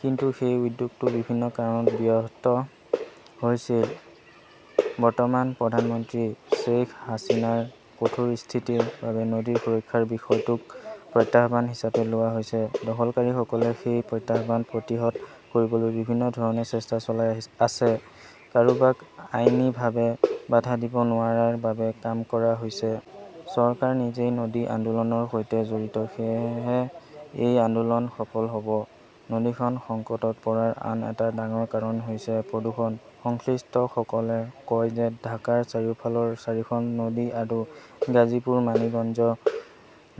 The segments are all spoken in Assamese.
কিন্তু সেই উদ্যোগটো বিভিন্ন কাৰণত ব্যাহত হৈছিল। বৰ্তমান প্ৰধানমন্ত্ৰী শ্বেইখ হাছিনাৰ কঠোৰ স্থিতিৰ বাবে নদীৰ সুৰক্ষাৰ বিষয়টোক প্ৰত্যাহ্বান হিচাপে লোৱা হৈছে। দখলকাৰীসকলে সেই প্ৰত্যাহ্বান প্ৰতিহত কৰিবলৈ বিভিন্ন ধৰণে চেষ্টা চলাই আছে। কাৰোবাক আইনীভাৱে বাধা দিব নোৱাৰাৰ বাবে কাম কৰা হৈছে। চৰকাৰ নিজেই নদী আন্দোলনৰ সৈতে জড়িত। সেয়েহে এই আন্দোলন সফল হ'ব। নদীখন সংকটত পৰাৰ আন এটা ডাঙৰ কাৰণ হৈছে প্ৰদূষণ। সংশ্লিষ্টসকলে কয় যে ঢাকাৰ চাৰিওফালৰ চাৰিখন নদী আৰু গাজীপুৰ, মানিকগঞ্জ,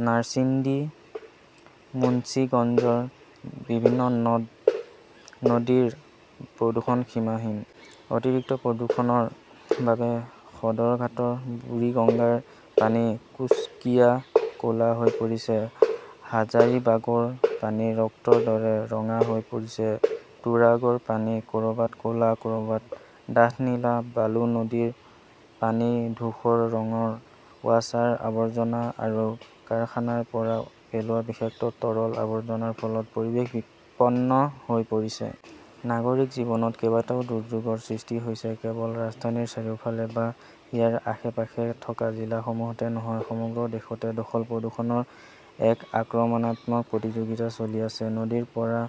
নাৰ্চিণ্ডি, মুন্সিগঞ্জৰ বিভিন্ন নদ নদীৰ প্ৰদূষণ সীমাহীন। অতিৰিক্ত প্ৰদূষণৰ বাবে সদৰঘাটৰ বুৰিগঙ্গাৰ পানী কুচকীয়া ক'লা হৈ পৰিছে। হাজাৰিবাগৰ পানী ৰক্তৰ দৰে ৰঙা হৈ পৰিছে। তুৰাগৰ পানী ক'ৰবাত ক'লা, ক'ৰবাত ডাঠ নীলা। বালু নদীৰ পানী ধূসৰ ৰঙৰ। ৱাছাৰ আৱৰ্জনা আৰু কাৰখানাৰ পৰা পেলোৱা বিষাক্ত তৰল আৱৰ্জনাৰ ফলত পৰিৱেশ বিপন্ন হৈ পৰিছে। নাগৰিক জীৱনত কেইবাটাও দুৰ্যোগৰ সৃষ্টি হৈছে। কেৱল ৰাজধানীৰ চাৰিওফালে বা ইয়াৰ আশে পাশে থকা জিলাসমূহতে নহয়, সমগ্ৰ দেশতে দখল প্ৰদূষণৰ এক আক্ৰমণাত্মক প্ৰতিযোগিতা চলি আছে। নদীৰ পৰা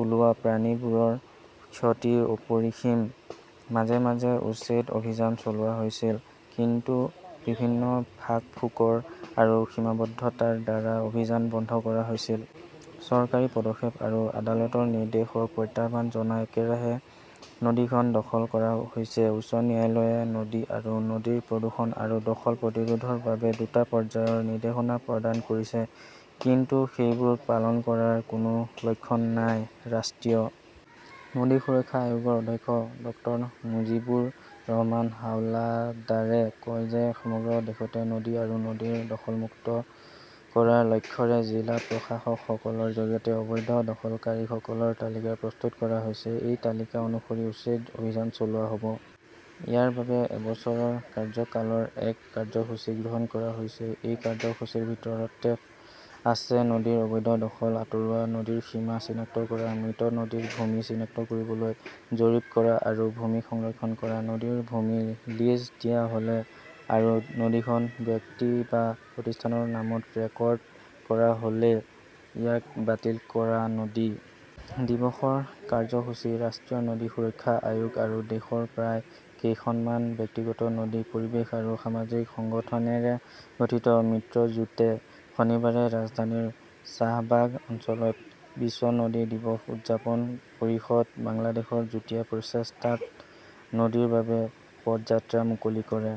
ওলোৱা প্ৰাণীবোৰৰ ক্ষতি অপৰিসীম। মাজে মাজে উচ্ছেদ অভিযান চলোৱা হৈছিল, কিন্তু বিভিন্ন ফাঁক ফোকৰ আৰু সীমাবদ্ধতাৰ দ্বাৰা অভিযান বন্ধ কৰা হৈছিল। চৰকাৰী পদক্ষেপ আৰু আদালতৰ নিৰ্দেশক প্ৰত্যাহ্বান জনাই একেৰাহে নদীখন দখল কৰা হৈছে। উচ্চ ন্যায়ালয়ে নদী আৰু নদীৰ প্ৰদূষণ আৰু দখল প্ৰতিৰোধৰ বাবে দুটা পৰ্যায়ৰ নিৰ্দেশনা প্ৰদান কৰিছে। কিন্তু সেইবোৰ পালন কৰাৰ কোনো লক্ষণ নাই। ৰাষ্ট্ৰীয় নদী সুৰক্ষা আয়োগৰ অধ্যক্ষ ডক্টৰ মুজিবুৰ ৰহমান হাওলাদাৰে কয় যে সমগ্ৰ দেশতে নদী আৰু নদীৰ দখলমুক্ত কৰাৰ লক্ষ্যৰে জিলা প্ৰশাসকসকলৰ জৰিয়তে অবৈধ দখলকাৰীসকলৰ তালিকা প্ৰস্তুত কৰা হৈছে। এই তালিকা অনুসৰি উচ্ছেদ অভিযান চলোৱা হ'ব। ইয়াৰ বাবে এবছৰৰ কাৰ্যকালৰ এক কাৰ্যসূচী গ্ৰহণ কৰা হৈছে। এই কাৰ্যসূচীৰ ভিতৰত আছে নদীৰ অবৈধ দখল আঁতৰোৱা, নদীৰ সীমা চিনাক্ত কৰা, মৃত নদীৰ ভূমি চিনাক্ত কৰিবলৈ জৰীপ কৰা আৰু ভূমি সংৰক্ষণ কৰা, নদীৰ ভূমি লিজ দিয়া হ'লে আৰু নদীখন ব্যক্তি বা প্ৰতিষ্ঠানৰ নামত ৰেকৰ্ড কৰা হ'লে ইয়াক বাতিল কৰা। নদী দিৱসৰ কাৰ্যসূচীঃ ৰাষ্ট্ৰীয় নদী সুৰক্ষা আয়োগ আৰু দেশৰ প্ৰায় কেইখনমান ব্যক্তিগত নদী, পৰিৱেশ আৰু সামাজিক সংগঠনেৰে গঠিত মিত্ৰজোঁটে শনিবাৰে ৰাজধানীৰ শ্বাহবাগ অঞ্চলত বিশ্ব নদী দিৱস উদযাপন পৰিষদ বাংলাদেশৰ যুটীয়া প্ৰচেষ্টাত নদীৰ বাবে পদযাত্ৰা মুকলি কৰে।